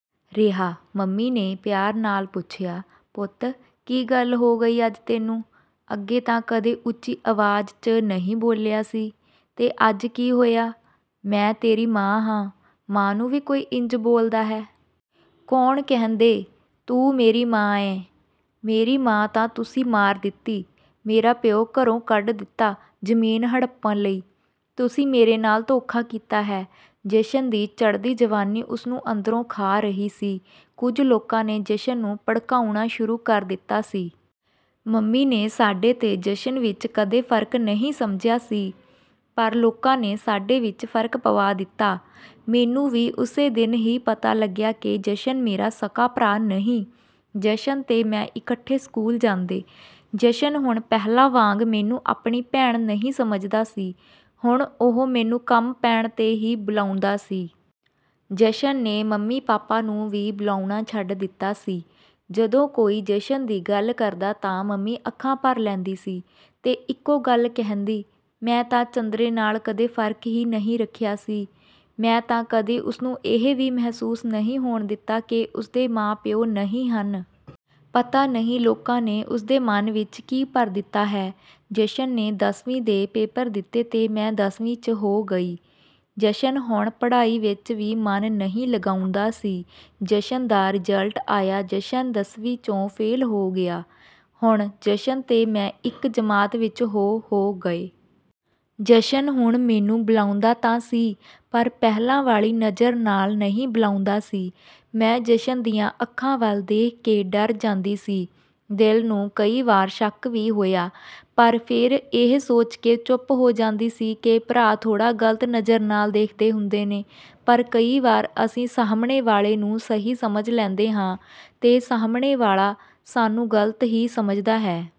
ਰਿਹਾ, ਮੰਮੀ ਨੇ ਪਿਆਰ ਨਾਲ ਪੁੱਛਿਆ, "ਪੁੱਤ, ਕੀ ਗੱਲ ਹੋ ਗਈ ਅੱਜ ਤੈਨੂੰ? ਅੱਗੇ ਤਾਂ ਕਦੇ ਉੱਚੀ ਆਵਾਜ਼ 'ਚ ਨਹੀਂ ਬੋਲਿਆ ਸੀ, ਤੇ ਅੱਜ ਕੀ ਹੋਇਆ? ਮੈਂ ਤੇਰੀ ਮਾਂ ਹਾਂ, ਮਾਂ ਨੂੰ ਵੀ ਕੋਈ ਇੰਝ ਬੋਲਦਾ ਹੈ?" ਕੌਣ ਕਹਿੰਦੈ ਤੂੰ ਮੇਰੀ ਮਾਂ ਐ, ਮੇਰੀ ਮਾਂ ਤਾਂ ਤੁਸੀਂ ਮਾਰ ਦਿੱਤੀ, ਮੇਰਾ ਪਿਉ ਘਰੋਂ ਕੱਢ ਦਿੱਤਾ ਜ਼ਮੀਨ ਹੜੱਪਣ ਲਈ, ਤੁਸੀਂ ਮੇਰੇ ਨਾਲ ਧੋਖਾ ਕੀਤਾ ਹੈ। ਜਸ਼ਨ ਦੀ ਚੜ੍ਹਦੀ ਜਵਾਨੀ ਉਸ ਨੂੰ ਅੰਦਰੋਂ ਖਾ ਰਹੀ ਸੀ, ਕੁਝ ਲੋਕਾਂ ਨੇ ਜਸ਼ਨ ਨੂੰ ਭੜਕਾਉਣਾ ਸ਼ੁਰੂ ਕਰ ਦਿੱਤੀ ਸੀ। ਮੰਮੀ ਨੇ ਸਾਡੇ ਤੇ ਜਸ਼ਨ ਵਿੱਚ ਕਦੇ ਫ਼ਰਕ ਨਹੀਂ ਸਮਝਿਆ ਸੀ ਪਰ ਲੋਕਾਂ ਨੇ ਸਾਡੇ ਵਿੱਚ ਫ਼ਰਕ ਪਵਾ ਦਿੱਤਾ। ਮੈਨੂੰ ਵੀ ਉਸੇ ਦਿਨ ਹੀ ਪਤਾ ਲੱਗਿਆ ਕਿ ਜਸ਼ਨ ਮੇਰਾ ਸਕਾ ਭਰਾ ਨਹੀਂ। ਜਸ਼ਨ ਤੇ ਮੈਂ ਇਕੱਠੇ ਸਕੂਲ ਜਾਂਦੇ, ਜਸ਼ਨ ਹੁਣ ਪਹਿਲਾਂ ਵਾਂਗ ਮੈਨੂੰ ਆਪਣੀ ਭੈਣ ਨਹੀਂ ਸਮਝਦਾ ਸੀ, ਹੁਣ ਉਹ ਮੈਨੂੰ ਕੰਮ ਪੈਣ ਤੇ ਹੀ ਬੁਲਾਉਂਦਾ ਸੀ। ਜਸ਼ਨ ਨੇ ਮੰਮੀ ਪਾਪਾ ਨੂੰ ਵੀ ਬੁਲਾਉਣਾ ਛੱਡ ਦਿੱਤਾ ਸੀ, ਜਦੋਂ ਕੋਈ ਜਸ਼ਨ ਦੀ ਗੱਲ ਕਰਦਾ ਤਾਂ ਮੰਮੀ ਅੱਖਾਂ ਭਰ ਲੈਂਦੀ ਸੀ ਤੇ ਇੱਕੋ ਗੱਲ ਕਹਿੰਦੀ, ਮੈਂ ਤਾਂ ਚੰਦਰੇ ਨਾਲ ਕਦੇ ਫ਼ਰਕ ਹੀ ਨਹੀਂ ਰੱਖਿਆ ਸੀ, ਮੈਂ ਤਾਂ ਕਦੇ ਉਸ ਨੂੰ ਇਹ ਵੀ ਮਹਿਸੂਸ ਨਹੀਂ ਹੋਣ ਦਿੱਤਾ ਕਿ ਉਸ ਦੇ ਮਾਂ-ਪਿਉ ਨਹੀਂ ਹਨ। ਪਤਾ ਨਹੀਂ ਲੋਕਾਂ ਨੇ ਉਸ ਦੇ ਮਨ ਵਿੱਚ ਕੀ ਭਰ ਦਿੱਤਾ ਹੈ। ਜਸ਼ਨ ਨੇ ਦੱਸਵੀਂ ਦੇ ਪੇਪਰ ਦਿੱਤੇ ਤੇ ਮੈਂ ਦੱਸਵੀਂ ਚ ਹੋ ਗਈ। ਜਸ਼ਨ ਹੁਣ ਪੜ੍ਹਾਈ ਵਿੱਚ ਵੀ ਮਨ ਨਹੀਂ ਲਗਾਉਂਦਾ ਸੀ, ਜਸ਼ਨ ਦਾ ਰਿਜ਼ਲਟ ਆਇਆ ਜਸ਼ਨ ਦਸਵੀਂ ਚੋਂ ਫੇਲ੍ਹ ਹੋ ਗਿਆ, ਹੁਣ ਜਸ਼ਨ ਤੇ ਮੈਂ ਇੱਕ ਜਮਾਤ ਵਿੱਚ ਹੋ ਹੋ ਗਏ। ਜਸ਼ਨ ਹੁਣ ਮੈਨੂੰ ਬੁਲਾਉਂਦਾ ਤਾਂ ਸੀ ਪਰ ਪਹਿਲਾਂ ਵਾਲੀ ਨਜ਼ਰ ਨਾਲ ਨਹੀਂ ਬੁਲਾਉਂਦਾ ਸੀ। ਮੈਂ ਜਸ਼ਨ ਦੀਆਂ ਅੱਖਾਂ ਵੱਲ ਦੇਖ ਕੇ ਡਰ ਜਾਂਦੀ ਸੀ, ਦਿਲ ਨੂੰ ਕਈ ਵਾਰ ਸ਼ੱਕ ਵੀ ਹੋਇਆ ਪਰ ਫੇਰ ਇਹ ਸੋਚਕੇ ਚੁੱਪ ਹੋ ਜਾਂਦੀ ਸੀ ਕਿ ਭਰਾ ਥੋੜਾਂ ਗਲਤ ਨਜ਼ਰ ਨਾਲ ਦੇਖਦੇ ਹੁੰਦੇ ਨੇ, ਪਰ ਕਈ ਵਾਰ ਅਸੀਂ ਸਾਹਮਣੇ ਵਾਲੇ ਨੂੰ ਸਹੀ ਸਮਝ ਲੈਂਦੇ ਹਾਂ ਤੇ ਸਾਹਮਣੇ ਵਾਲਾ ਸਾਨੂੰ ਗਲਤ ਹੀ ਸਮਝਦਾ ਹੈ।